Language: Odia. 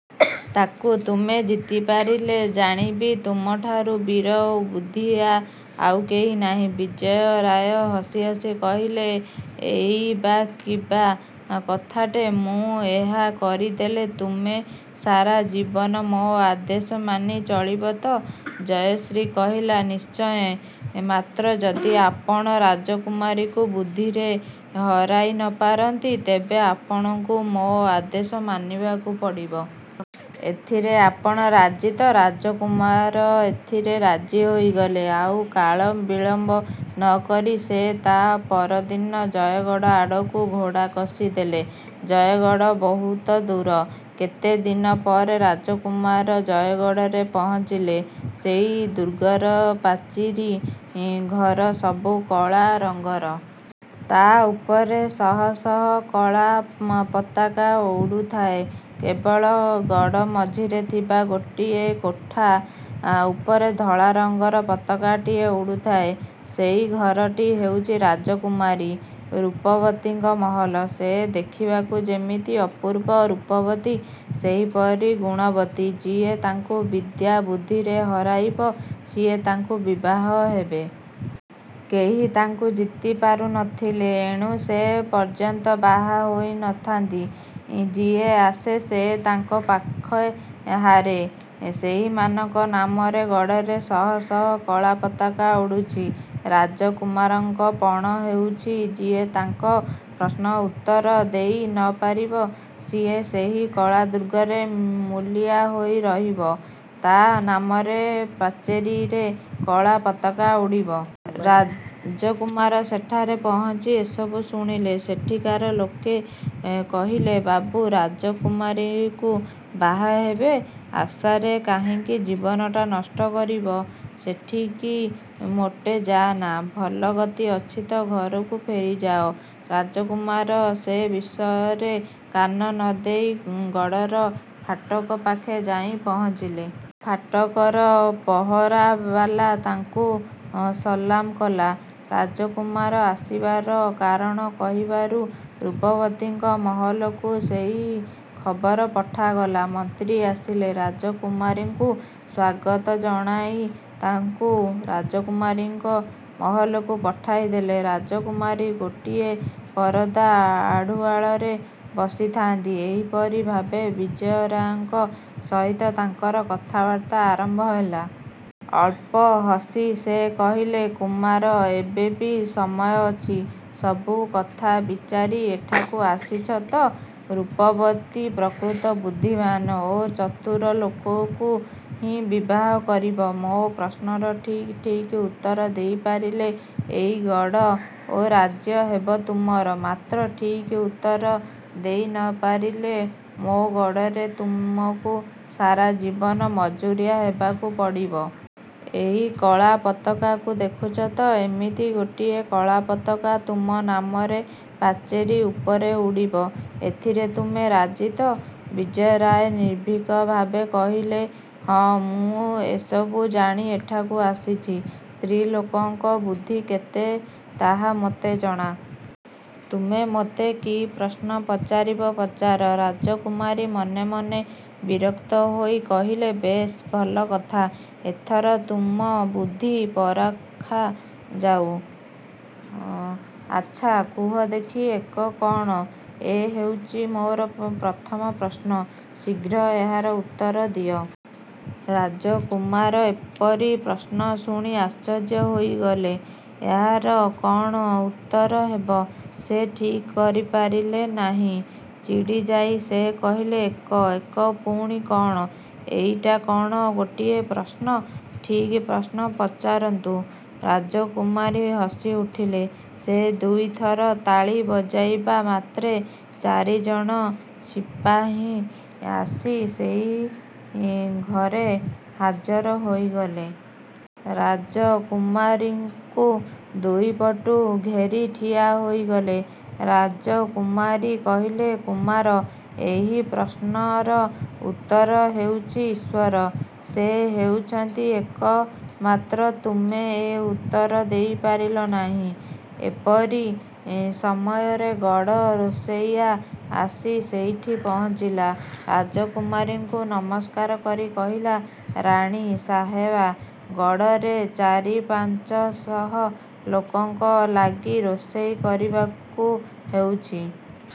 ତାକୁ ତୁମେ ଜିତିପାରିଲେ ଜାଣିବି, ତୁମଠାରୁ ବୀର ଓ ବୁଦ୍ଧିଆ ଆଉ କେହି ନାହିଁ। ବିଜୟ ରାୟ ହସି ହସି କହିଲେ, ଇଏ ବା କିବା କଥାଟେ! ମୁଁ ଏହା କରିଦେଲେ ତୁମେ ସାରା ଜୀବନ ମୋ ଆଦେଶ ମାନି ଚଳିବ ତ? ଜୟଶ୍ରୀ କହିଲା, ନିଶ୍ଚୟ, ମାତ୍ର ଯଦି ଆପଣ ରାଜକୁମାରୀକୁ ବୁଦ୍ଧିରେ ହରାଇ ନ ପାରନ୍ତି, ତେବେ ଆପଣଙ୍କୁ ମୋ ଆଦେଶ ମାନିବାକୁ ପଡ଼ିବ। ଏଥିରେ ଆପଣ ରାଜି ତ? ରାଜକୁମାର ଏଥିରେ ରାଜି ହୋଇଗଲେ। ଆଉ କାଳବିଳମ୍ବ ନ କରି ସେ ତା ପରଦିନ ଜୟଗଡ଼ ଆଡ଼କୁ ଘୋଡ଼ା କସି ଦେଲେ। ଜୟଗଡ଼ ବହୁତ ଦୂର। କେତେ ଦିନ ପରେ ରାଜକୁମାର ଜୟଗଡ଼ରେ ପହଞ୍ଚିଲେ। ସେଇ ଦୁର୍ଗର ପାଚିରି, ଘର ସବୁ କଳା ରଙ୍ଗର। ତା ଉପରେ ଶହ ଶହ କଳା ପତାକା ଉଡ଼ୁଥାଏ। କେବଳ ଗଡ଼ ମଝିରେ ଥିବା ଗୋଟିଏ କୋଠା ଉପରେ ଧଳା ରଙ୍ଗର ପତାକାଟିଏ ଉଡ଼ୁଥାଏ। ସେଇ ଘରଟି ହେଉଛି, ରାଜକୁମାରୀ ରୂପବତୀଙ୍କ ମହଲ। ସେ ଦେଖିବାକୁ ଯେମିତି ଅପୂର୍ବ ରୂପବତୀ, ସେହିପରି ଗୁଣବତୀ। ଯିଏ ତାଙ୍କୁ ବିଦ୍ୟା, ବୁଦ୍ଧିରେ ହରାଇବ, ସିଏ ତାଙ୍କୁ ବିବାହ ହେବେ। କେହି ତାଙ୍କୁ ଜିତି ପାରୁ ନ ଥିଲେ। ଏଣୁ ସେ ପର୍ଯ୍ୟନ୍ତ ବାହା ହୋଇ ନ ଥାନ୍ତି। ଯିଏ ଆସେ ସେ ତାଙ୍କ ପାଖେ ହାରେ। ସେଇମାନଙ୍କ ନାମରେ ଗଡ଼ରେ ଶହ ଶହ କଳା ପତାକା ଉଡ଼ୁଛି। ରାଜକୁମାରୀଙ୍କ ପଣ ହେଉଛି, ଯିଏ ତାଙ୍କ ପ୍ରଶ୍ନର ଉତ୍ତର ଦେଇ ନ ପାରିବ, ସିଏ ସେଇ କଳା ଦୁର୍ଗରେ ମୂଲିଆ ହୋଇ ରହିବ, ତା ନାମରେ ପାଚେରିରେ କଳା ପତାକା ଉଡ଼ିବ। ରାଜକୁମାର ସେଠାରେ ପହଞ୍ଚି ଏସବୁ ଶୁଣିଲେ। ସେଠିକାର ଲୋକେ କହିଲେ, ବାବୁ, ରାଜକୁମାରୀକୁ ବାହା ହେବା ଆଶାରେ କାହିଁକି ଜୀବନଟା ନଷ୍ଟ କରିବ? ସେଠିକି ମୋଟେ ଯାଅନା। ଭଲ ଗତି ଅଛି ତ ଘରକୁ ଫେରିଯାଅ। ରାଜକୁମାର ସେ ବିଷୟରେ କାନ ନ ଦେଇ ଗଡ଼ର ଫାଟକ ପାଖେ ଯାଇ ପହଞ୍ଚିଲେ। ଫାଟକର ପହରାବାଲା ତାଙ୍କୁ ସଲାମ କଲା। ରାଜକୁମାର ଆସିବାର କାରଣ କହିବାରୁ ରୂପବତୀଙ୍କ ମହଲକୁ ସେଇ ଖବର ପଠାଗଲା। ମନ୍ତ୍ରୀ ଆସିଲେ, ରାଜକୁମାରଙ୍କୁ ସ୍ୱାଗତ ଜଣାଇ ତାଙ୍କୁ ରାଜକୁମାରୀଙ୍କ ମହଲକୁ ପଠାଇଦେଲେ। ରାଜକୁମାରୀ ଗୋଟିଏ ପରଦା ଆଢ଼ୁଆଳରେ ବସିଥାନ୍ତି। ଏହିପରି ଭାବେ ବିଜୟ ରାୟଙ୍କ ସହିତ ତାଙ୍କର କଥାବାର୍ତ୍ତା ଆରମ୍ଭ ହେଲା। ଅଳ୍ପ ହସି ସେ କହିଲେ, କୁମାର! ଏବେ ବି ସମୟ ଅଛି। ସବୁ କଥା ବିଚାରି ଏଠାକୁ ଆସିଛ ତ? ରୂପବତୀ ପ୍ରକୃତ ବୁଦ୍ଧିମାନ୍ ଓ ଚତୁର ଲୋକକୁ ହିଁ ବିବାହ କରିବ। ମୋ ପ୍ରଶ୍ନର ଠିକ୍ ଠିକ୍ ଉତ୍ତର ଦେଇପାରିଲେ ଏଇ ଗଡ଼ ଓ ରାଜ୍ୟ ହେବ ତୁମର, ମାତ୍ର ଠିକ୍ ଉତ୍ତର ଦେଇ ନ ପାରିଲେ ମୋ ଗଡ଼ରେ ତୁମକୁ ସାରା ଜୀବନ ମଜୁରିଆ ହେବାକୁ ପଡ଼ିବ। ଏଇ କଳା ପତାକାକୁ ଦେଖୁଛ ତ? ଏମିତି ଗୋଟିଏ କଳା ପତାକା ତୁମ ନାମରେ ପାଚେରି ଉପରେ ଉଡ଼ିବ। ଏଥିରେ ତୁମେ ରାଜି ତ? ବିଜୟ ରାୟ ନିର୍ଭୀକ ଭାବେ କହିଲେ, ହଁ ମୁଁ ଏସବୁ ଜାଣି ଏଠାକୁ ଆସିଛି। ସ୍ତ୍ରୀ ଲୋକଙ୍କ ବୁଦ୍ଧି କେତେ ତାହା ମୋତେ ଜଣା। ତୁମେ ମୋତେ କି ପ୍ରଶ୍ନ ପଚାରିବ ପଚାର। ରାଜକୁମାରୀ ମନେ ମନେ ବିରକ୍ତ ହୋଇ କହିଲେ, ବେଶ୍, ଭଲ କଥା। ଏଥର ତୁମ ବୁଦ୍ଧି ପରଖା ଯାଉ। ଆଚ୍ଛା କୁହ ଦେଖି ଏକ କ'ଣ? ଏ ହେଉଛି ମୋର ପ୍ରଥମ ପ୍ରଶ୍ନ। ଶୀଘ୍ର ଏହାର ଉତ୍ତର ଦିଅ! ରାଜକୁମାର ଏପରି ପ୍ରଶ୍ନ ଶୁଣି ଆଶ୍ଚର୍ଯ୍ୟ ହୋଇଗଲେ। ଏହାର କ'ଣ ଉତ୍ତର ହେବ, ସେ ଠିକ୍ କରିପାରିଲେ ନାହିଁ। ଚିଡ଼ିଯାଇ ସେ କହିଲେ, ଏକ! ଏକ ପୁଣି କ'ଣ! ଏଇଟା କ'ଣ ଗୋଟିଏ ପ୍ରଶ୍ନ? ଠିକ୍ ପ୍ରଶ୍ନ ପଚାରନ୍ତୁ। ରାଜକୁମାରୀ ହସି ଉଠିଲେ। ସେ ଦୁଇ ଥର ତାଳି ବଜାଇବା ମାତ୍ରେ ଚାରି ଜଣ ସିପାହି ଆସି ସେଇ ଘରେ ହାଜର ହୋଇଗଲେ। ରାଜକୁମାରଙ୍କୁ ଦୁଇ ପଟୁ ଘେରି ଠିଆ ହୋଇଗଲେ। ରାଜକୁମାରୀ କହିଲେ, କୁମାର, ଏହି ପ୍ରଶ୍ନର ଉତ୍ତର ହେଉଛି ଈଶ୍ୱର। ସେ ହେଉଛନ୍ତି ଏକ, ମାତ୍ର ତୁମେ ଏ ଉତ୍ତର ଦେଇପାରିଲ ନାହିଁ। ଏପରି ସମୟରେ ଗଡ଼ ରୋଷେଇଆ ଆସି ସେଇଠି ପହଞ୍ଚିଲା। ରାଜକୁମାରୀଙ୍କୁ ନମସ୍କାର କରି କହିଲା, ରାଣୀ ସାହେବା, ଗଡ଼ରେ ଚାରି ପାଞ୍ଚ ଶହ ଲୋକଙ୍କ ଲାଗି ରୋଷେଇ କରିବାକୁ ହେଉଛି।